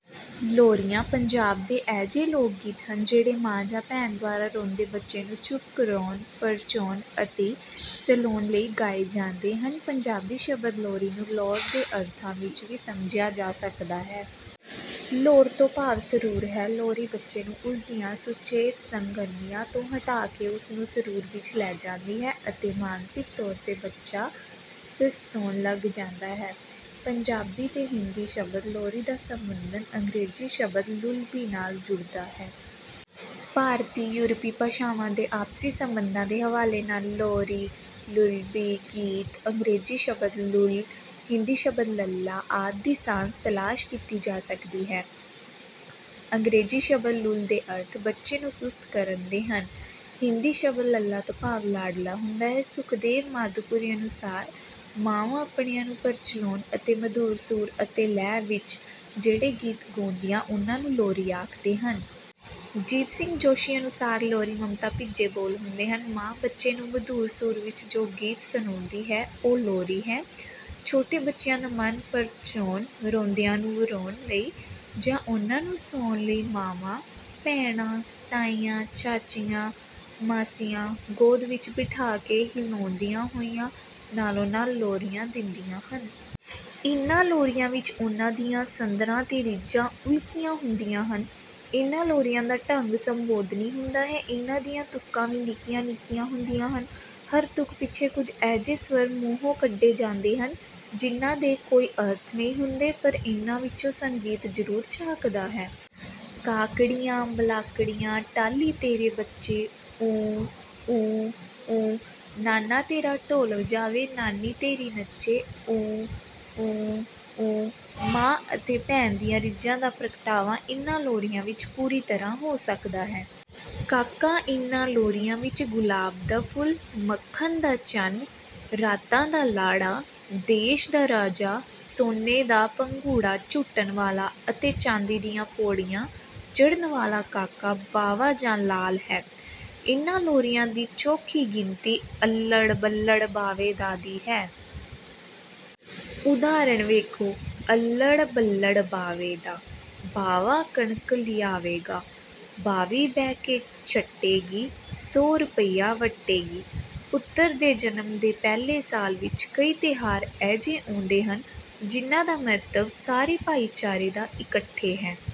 ਲੋਰੀਆਂ ਪੰਜਾਬ ਦੇ ਅਜਿਹੇ ਲੋਕ ਗੀਤ ਹਨ, ਜਿਹੜੇ ਮਾਂ ਜਾਂ ਭੈਣ ਦੁਆਰਾ ਰੋਂਦੇ ਬੱਚੇ ਨੂੰ ਚੁੱਪ ਕਰਾਉਣ, ਪ੍ਰਚਾਉਣ ਅਤੇ ਸਲਾਉਣ ਲਈ ਗਾਏ ਜਾਂਦੇ ਹਨ। ਪੰਜਾਬੀ ਸ਼ਬਦ ਲੋਰੀ ਨੂੰ ਲੋਰ ਦੇ ਅਰਥਾਂ ਵਿੱਚ ਵੀ ਸਮਝਿਆ ਜਾ ਸਕਦਾ ਹੈ। ਲੋਰ ਤੋਂ ਭਾਵ ਸਰੂਰ ਹੈ। ਲੋਰੀ ਬੱਚੇ ਨੂੰ ਉਸ ਦੀਆਂ ਸੁਚੇਤ ਸਰਗਰਮੀਆਂ ਤੋਂ ਹਟਾ ਕੇ ਉਸ ਨੂੰ ਸਰੂਰ ਵਿੱਚ ਲੈ ਜਾਂਦੀ ਹੈ ਅਤੇ ਮਾਨਸਿਕ ਤੌਰ ਤੇ ਬੱਚਾ ਸਸਤਾਉਣ ਲੱਗ ਜਾਂਦਾ ਹੈ। ਪੰਜਾਬੀ ਤੇ ਹਿੰਦੀ ਸ਼ਬਦ ਲੋਰੀ ਦਾ ਸੰਬੰਧਨ ਅੰਗਰੇਜ਼ੀ ਸ਼ਬਦ ਲੁੱਲਬੀ ਨਾਲ਼ ਜੁੜਦਾ ਹੈ। ਭਾਰਤੀ ਯੂਰਪੀ ਭਾਸ਼ਾਵਾਂ ਦੇ ਆਪਸੀ ਸੰਬੰਧਾਂ ਦੇ ਹਵਾਲੇ ਨਾਲ਼ ਲੋਰੀ, ਲੁੱਲਬੀ ਗੀਤ ਅੰਗਰੇਜ਼ੀ ਸ਼ਬਦ ਲੁੱਲ, ਹਿੰਦੀ ਸ਼ਬਦ ਲੱਲਾ ਆਦਿ ਦੀ ਸਾਂਝ ਤਲਾਸ਼ ਕੀਤੀ ਜਾ ਸਕਦੀ ਹੈ। ਅੰਗਰੇਜ਼ੀ ਸ਼ਬਦ ਲੁੱਲ ਦੇ ਅਰਥ ਬੱਚੇ ਨੂੰ ਸੁਸਤ ਕਰਨ ਦੇ ਹਨ ਹਿੰਦੀ ਸ਼ਬਦ ਲੱਲਾ ਤੋਂ ਭਾਵ ਲਾਡਲਾ ਹੁੰਦਾ ਹੈ| ਸੁਖਦੇਵ ਮਾਧੋਪੁਰੀ ਅਨੁਸਾਰ, " ਮਾਵਾਂ ਆਪਣਿਆਂ ਨੂੰ ਪ੍ਰਚਾਉਣ ਲਈ ਮਧੁਰ ਸੁਰ ਅਤੇ ਲੈਅ ਵਿੱਚ ਜਿਹੜੇ ਗੀਤ ਗਾਉਂਦੀਆਂ ਉਨ੍ਹਾਂ ਨੂੰ ਲੋਰੀ ਆਖਦੇ ਹਨ। ਜੀਤ ਸਿੰਘ ਜੋਸ਼ੀ ਅਨੁਸਾਰ, " ਲੋਰੀ ਮਮਤਾ ਭਿੱਜੇ ਬੋਲ ਹੁੰਦੇ ਹਨ। ਮਾਂ ਬੱਚੇ ਨੂੰ ਮਧੁਰ ਸੁਰ ਵਿੱਚ ਜੋ ਗੀਤ ਸੁਣਾਉਂਦੀ ਹੈ, ਉਹ ਲੋਰੀ ਹੈ। " "ਛੋਟੇ ਬੱਚਿਆਂ ਦਾ ਮਨ ਪ੍ਰਚਾਉਣ ਰੋਂਦਿਆਂ ਨੂੰ ਵਰਾਉਣ ਲਈ ਜਾਂ ਉਨ੍ਹਾਂ ਨੂੰ ਸੁਆਉਣ ਲਈ ਮਾਵਾਂ, ਭੈਣਾਂ, ਤਾਈਆਂ, ਚਾਚੀਆਂ, ਮਾਸੀਆਂ ਗੋਦ ਵਿੱਚ ਬਿਠਾ ਕੇ ਹਿਲਾਉਂਦੀਆਂ ਹੋਈਆਂ ਨਾਲ਼ੋ ਨਾਲ਼ ਲੋਰੀਆਂ ਦਿੰਦੀਆਂ ਹਨ। ਇਨ੍ਹਾਂ ਲੋਰੀਆਂ ਵਿੱਚ ਉਨ੍ਹਾਂ ਦੀਆਂ ਸੰਧਰਾਂ ਤੇ ਰੀਝਾਂ ਉਲੀਕੀਆਂ ਹੁੰਦੀਆਂ ਹਨ। ਇਨ੍ਹਾਂ ਲੋਰੀਆਂ ਦਾ ਢੰਗ ਸੰਬੋਧਨੀ ਹੁੰਦਾ ਹੈ। ਇਨ੍ਹਾਂ ਦੀਆਂ ਤੁਕਾਂ ਵੀ ਨਿੱਕੀਆਂ ਨਿੱਕੀਆਂ ਹੁੰਦੀਆਂ ਹਨ। ਹਰ ਤੁਕ ਪਿੱਛੇ ਕੁੱਝ ਅਜਿਹੇ ਸਵਰ ਮੂੰਹੋਂ ਕੱਢੇ ਜਾਂਦੇ ਹਨ, ਜਿਨ੍ਹਾਂ ਦੇ ਕੋਈ ਅਰਥ ਨਹੀਂ ਹੁੰਦੇ ,ਪਰ ਇਨ੍ਹਾਂ ਵਿੱਚੋਂ ਸੰਗੀਤ ਜ਼ਰੂਰ ਝਾਕਦਾ ਹੈ। "ਕਾਕੜਿਆ ਬਲਾਕੜਿਆ, ਟਾਹਲੀ ਤੇਰੇ ਬੱਚੇ ਊਂ, ਊਂ, ਊਂ। ਨਾਨਾ ਤੇਰਾ ਢੋਲ ਵਜਾਵੇ, ਨਾਨੀ ਤੇਰੀ ਨੱਚੇ, ਊਂ, ਊਂ, ਊਂ। " "ਮਾਂ ਅਤੇ ਭੈਣ ਦੀਆਂ ਰੀਝਾਂ ਦਾ ਪ੍ਰਗਟਾਵਾ ਇਨ੍ਹਾਂ ਲੋਰੀਆਂ ਵਿੱਚ ਪੂਰੀ ਤਰ੍ਹਾਂ ਹੋ ਸਕਦਾ ਹੈ। ਕਾਕਾ ਇਨ੍ਹਾਂ ਲੋਰੀਆਂ ਵਿੱਚ ਗੁਲਾਬ ਦਾ ਫੁੱਲ, ਮੱਖਣ ਦਾ ਚੰਨ, ਰਾਤਾਂ ਦਾ ਲਾੜਾ, ਦੇਸ਼ ਦਾ ਰਾਜਾ, ਸੋਨੇ ਦਾ ਪੰਘੂੜਾ ਝੂਟਣ ਵਾਲ਼ਾ ਅਤੇ ਚਾਂਦੀ ਦੀਆਂ ਪੌੜੀਆਂ ਚੜ੍ਹਨ ਵਾਲ਼ਾ ਕਾਕਾ ਬਾਵਾ ਜਾਂ ਲਾਲ ਹੈ। ਇਨ੍ਹਾਂ ਲੋਰੀਆਂ ਦੀ ਚੋਖੀ ਗਿਣਤੀ ' ਅੱਲ੍ਹੜ ਬੱਲ੍ਹੜ ਬਾਵੇ ਦਾ ' ਦੀ ਹੈ। " ਉਦਾਹਰਨ ਵੇਖੋ: " ਅੱਲ੍ਹੜ ਬੱਲ੍ਹੜ ਬਾਵੇ ਦਾ, ਬਾਵਾ ਕਣਕ ਲਿਆਵੇਗਾ, ਬਾਵੀ ਬਹਿ ਕੇ ਛੱਟੇਗੀ, ਸੌ ਰੁਪਈਆ ਵੱਟੇਗੀ। " ਪੁੱਤਰ ਦੇ ਜਨਮ ਦੇ ਪਹਿਲੇ ਸਾਲ ਵਿੱਚ ਕਈ ਤਿਉਹਾਰ ਅਜਿਹੇ ਆਉਂਦੇ ਹਨ ਜਿਨ੍ਹਾਂ ਦਾ ਮੰਤਵ ਸਾਰੇ ਭਾਈਚਾਰੇ ਦਾ ਇਕੱਠੇ ਹੈ